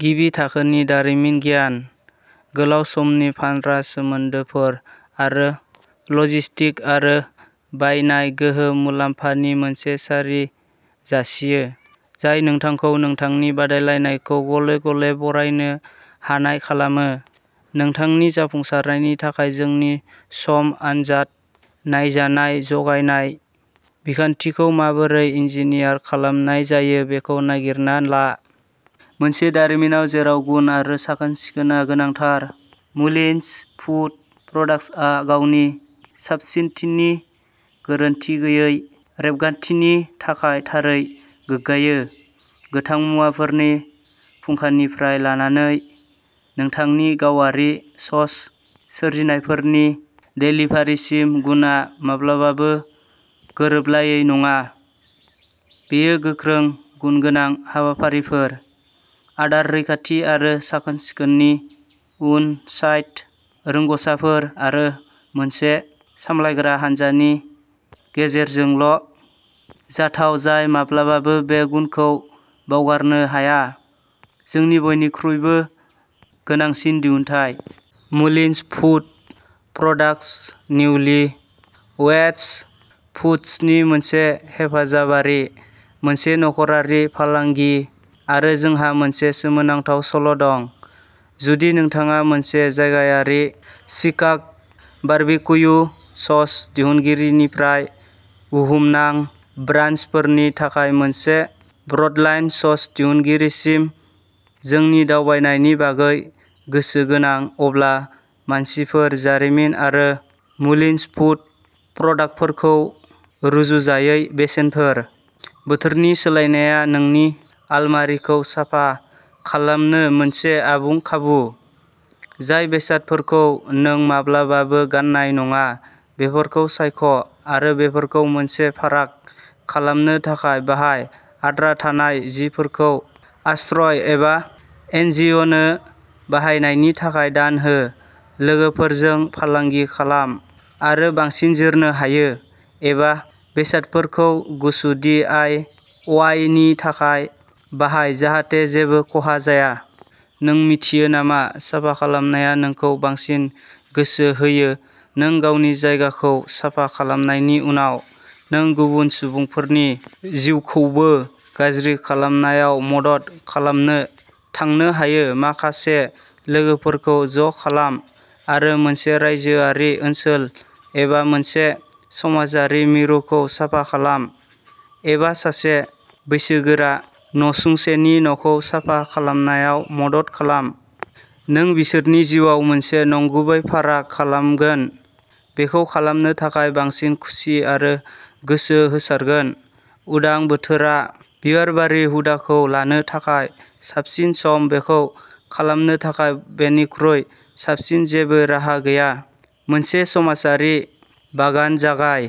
गिबि थाखोनि दारिमिन गियान, गोलाव समनि फानग्रा सोमोन्दोफोर आरो लजिस्टिक आरो बायनाय गोहो मुलाम्फानि मोनसे सारि जासियो जाय नोंथांखौ नोंथांनि बादायलायनायखौ गले-गले बारायनो हानाय खालामो। नोंथांनि जाफुंसारनायनि थाखाय जोंनि सम आनजाद नायजानाय जगायनाय बिखान्थिखौ माबोरै इन्जिनियार खालामनाय जायो बेखौ नागिरना ला। मोनसे दारिमिनाव जेराव गुन आरो साखोन-सिखोनआ गोनांथार, मुलिन्स फुद प्रडाक्टसआ गावनि साबसिनथिनि गोरोनथि गैयै रेबगान्थिनि थाखाय थारै गोग्गायो। गोथां मुवाफोरनि फुंखानिफ्राय लानानै नोंथांनि गावारि सस सोरजिनायफोरनि देलिभारिसिम, गुनआ माब्लाबाबो गोरोबलायै नङा। बेयो गोख्रों गुनगोनां हाबाफारिफोर, आदार रैखाथि आरो साखोन-सिखोननि अन-साइट रोंग'साफोर, आरो मोनसे सामलायग्रा हानजानि गेजेरजोंल' जाथाव जाय माब्लाबाबो बे गुनखौ बावगारनो हाया, जोंनि बयनिख्रुइबो गोनांसिन दिहुनथाय। मुलिन्स फुद प्रडाक्टस, निउलि वेडस फुडसनि मोनसे हेफाजाबारि, मोनसे नखरारि फालांगि, आरो जोंहा मोनसे सोमोनांथाव सल' दं। जुदि नोंथाङा मोनसे जायगायारि शिकाग' बारबिक्यु सस दिहुनगिरिनिफ्राय बुहुमनां ब्रान्डफोरनि थाखाय मोनसे ब्रडलाइन सस दिहुनगिरिसिम जोंनि दावबायनायनि बागै गोसोगोनां, अब्ला मानसिफोर, जारिमिन आरो मुलिनस फुद प्रडाक्टफोरखौ रुजुजायै बेसेनफोर। बोथोरनि सोलायनाया नोंनि आलमारिखौ साफा खालामनो मोनसे आबुं खाबु। जाय बेसादफोरखौ नों माब्लाबाबो गान्नाय नङा बेफोरखौ सायख' आरो बेफोरखौ मोनसे फाराग खालामनो थाखाय बाहाय आद्रा थानाय जिफोरखौ आश्रय एबा एनजिअ'नो बाहायनायनि थाखाय दान हो, लोगोफोरजों फालांगि खालाम आरो बांसिन जोरनो हायो एबा बेसादफोरखौ गुसु दि आइ अवाइ नि थाखाय बाहाय जाहाथे जेबो खहा जाया। नों मिन्थियो नामा साफा खालामनाया नोंखौ बांसिन गोसो होयो नों गावनि जायगाखौ साफा खालामनायनि उनाव, नों गुबुन सुबुंफोरनि जिउखौबो गाज्रि खालामनायाव मदद खालामनो थांनो हायो माखासे लोगोफोरखौ ज' खालाम आरो मोनसे रायजोआरि ओनसोल एबा मोनसे समाजारि मिरुखौ साफा खालाम, एबा सासे बैसोगोरा नसुंसेनि न'खौ साफा खालामनायाव मदद खालाम। नों बिसोरनि जिउआव मोनसे नंगुबै फाराग खालामगोन, बेखौ खालामनो थाखाय बांसिन खुसि आरो गोसो होसारगोन। उदां बोथोरा बिबारबारि हुदाखौ लानो थाखाय साबसिन सम बेखौ खालामनो थाखाय बेनिख्रुइ साबसिन जेबो राहा गैया। मोनसे समाजारि बागान जागाय।